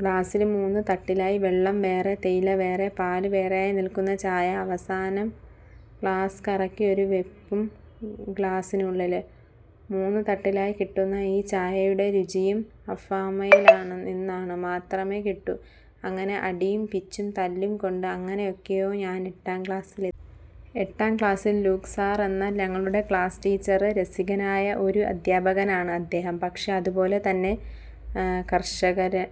ഗ്ലാസ്സില് മൂന്നു തട്ടിലായി വെള്ളം വേറെ, തേയില വേറെ, പാലു വേറെയായി നില്ക്കുന്ന ചായ. അവസാനം ഗ്ലാസ് കറക്കിയൊരു വെപ്പും. ഗ്ലാസിനുള്ളില് മൂന്നുതട്ടിലായി കിട്ടുന്ന ഈ ചായയുടെ രുചിയും അഫാമിയയില് നിന്നു മാത്രമേ കിട്ടൂ. അങ്ങനെ അടിയും പിച്ചും തല്ലും കൊണ്ട് എങ്ങനെയൊക്കെയോ ഞാന് എട്ടാം ക്ലാസ്സില് എത്തി. എട്ടാം ക്ലാസ്സില് ലൂക്ക് സാര് ആണ് ഞങ്ങളുടെ ക്ലാസ് ടീച്ചര്. രസികനായ ഒരു അധ്യാപകനാണ് അദ്ദേഹം. പക്ഷെ അതുപോലെ തന്നെ കർഷകര്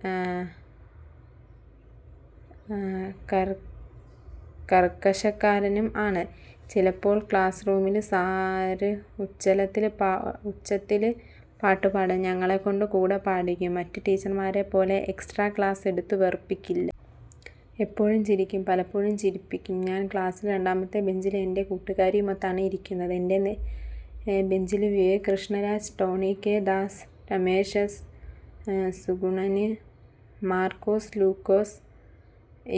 കര്ക്കശക്കാരനും ആണ്. ചിലപ്പോള് ക്ലാസ് റൂമില് സാര് ഉച്ചത്തില് പാട്ട് പാടും, ഞങ്ങളെ കൊണ്ട് കൂടെ പാടിക്കും. മറ്റു ടീച്ചര്മാരെ പോലെ എക്സ്ട്രാ ക്ലാസ് എടുത്ത് വെറുപ്പിക്കില്ല. എപ്പോഴും ചിരിക്കും. പലപ്പോഴും ചിരിപ്പിക്കും. ഞാന് ക്ലാസ്സില് രണ്ടാമത്തെ ബെഞ്ചില് എന്റെ കൂട്ടുകാരുമൊത്താണ് ഇരിക്കുന്നത്. എന്റെ ബെഞ്ചില് Vivek Krishnaraj, Tony K. Das, Ramesh S. Sugunan, Markose Lukose.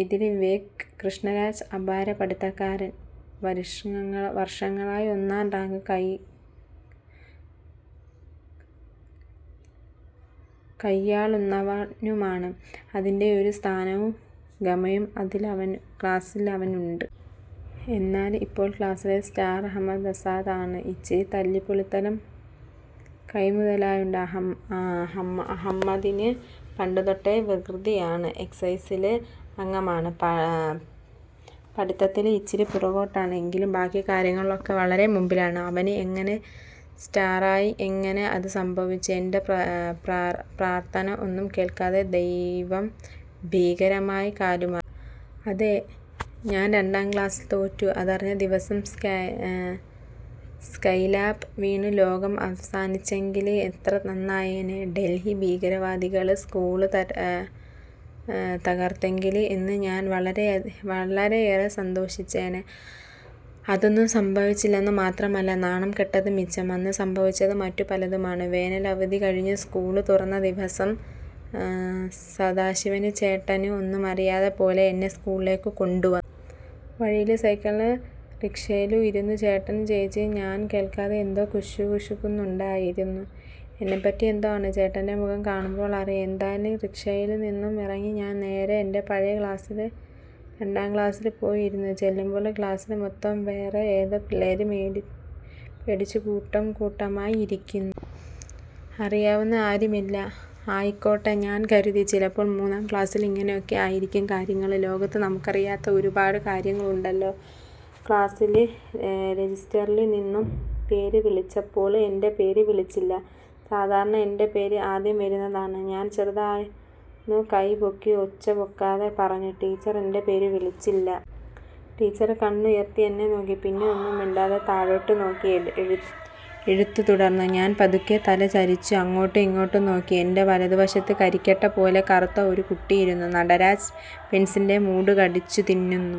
ഇതില് വിവേക് കൃഷ്ണരാജ് അപാര പഠിത്തക്കാരൻ. വര്ഷങ്ങളായി ഒന്നാം റാങ്ക് കയ്യാള്ളുന്നവനുമാണ്. അതിന്റെയൊരു സ്ഥാനവും ഗമയും ക്ലാസ്സില് അവനുണ്ട്. എന്നാല് ഇപ്പോള് ക്ലാസ്സിലെ സ്റ്റാര് അഹമ്മദ് ആസാദ് ആണ്. ഇച്ചിരി തല്ലിപൊളിത്തരം കൈമുതലായുണ്ട് അഹമ്മദിന്. പണ്ട് തൊട്ടേ വികൃതിയാണ്. എന്സിസിയില് അംഗമാണ്. പഠിത്തത്തില് ഇച്ചിരി പുറകോട്ടാണ് എങ്കിലും ബാക്കി കാര്യങ്ങളിലൊക്കെ വളരെ മുമ്പിലാണ്. അവന് എങ്ങനെ സ്റ്റാര് ആയി. അങ്ങനെ അത് സംഭവിച്ചു. എന്റെ പ്രാര്ത്ഥന ഒന്നും കേള്ക്കാതെ ദൈവം ഭീകരമായി കാലുമാറി. അതെ. ഞാന് രണ്ടാം ക്ലാസ്സില് തോറ്റു. അതറിഞ്ഞ ദിവസം സ്കൈലാബ് വീണു ലോകം അവസാനിച്ചെങ്കില് എത്ര നന്നായേനെ. ഡല്ഹി ഭീകരവാദികള് സ്കൂള് തകര്ത്തെങ്കില് അന്ന് ഞാന് വളരെയേറെ സന്തോഷിച്ചേനെ. അതൊന്നും സംഭവിച്ചില്ലെന്നു മാത്രമല്ല നാണംകെട്ടത് മിച്ചം. അന്നു സംഭവിച്ചത് മറ്റു പലതുമാണ്. വേനല് അവധി കഴിഞ്ഞു സ്കൂള് തുറന്ന ദിവസം സദാശിവന് ചേട്ടന് ഒന്നുമറിയാത്ത പോലെ എന്നെ സ്കൂളില് കൊണ്ട് വ വഴിയില് സൈക്കിള് റിക്ഷയില് ഇരുന്നു ചേട്ടനും ചേച്ചിയും ഞാന് കേള്ക്കാതെ എന്തോ കുശുകുശുക്കുന്നുണ്ടായിരുന്നു. എന്നെപ്പറ്റി എന്തോ ആണ്. ചേട്ടന്റെ മുഖം കാണുമ്പോള് അറിയാം. എന്തായാലും റിക്ഷയില് നിന്നും ഇറങ്ങി ഞാന് നേരെ എന്റെ പഴയ ക്ലാസ്സില് രണ്ടാം ക്ലാസ്സില് പോയി ഇരുന്നു. ചെല്ലുമ്പോള് ക്ലാസ്സില് മൊത്തം വേറെ ഏതോ പിള്ളേര് പേടിച്ചു കൂട്ടം കൂട്ടമായി ഇരിക്കുന്നു. അറിയാവുന്ന ആരും ഇല്ല. ആയിക്കോട്ടെ, ഞാന് കരുതി. ചിലപ്പോള് മൂന്നാം ക്ലാസ്സില് ഇങ്ങനെയൊക്കെ ആയിരിക്കും കാര്യങ്ങള്. ലോകത്ത് നമ്മുക്കറിയാത്ത ഒരുപാടു കാര്യങ്ങള് ഉണ്ടല്ലോ. ക്ലാസ്സില് രെജിസ്റ്ററില് നിന്നും പേര് വിളിച്ചപ്പോള് എന്റെ പേര് വിളിച്ചില്ല. സാധാരണ എന്റെ പേര് ആദ്യം വരുന്നതാണ്. ഞാന് ചെറുതായൊന്നു കൈ പൊക്കി ഒച്ച പൊക്കാതെ പറഞ്ഞു,'ടീച്ചര് എന്റെ പേരു വിളിച്ചില്ല. ' ടീച്ചര് കണ്ണുയര്ത്തി എന്നെ നോക്കി. പിന്നെ ഒന്നും മിണ്ടാതെ താഴോട്ടു നോക്കി എഴുത്ത് തുടര്ന്നു. ഞാന് പതുക്കെ തല ചരിച്ചു അങ്ങോട്ടും ഇങ്ങോട്ടും നോക്കി. എന്റെ വലതു വശത്ത് കരിക്കട്ട പോലെ കറുത്ത ഒരു കുട്ടി ഇരുന്നു നടരാജ് പെന്സിലിന്റെ മൂട് കടിച്ചു തിന്നുന്നു.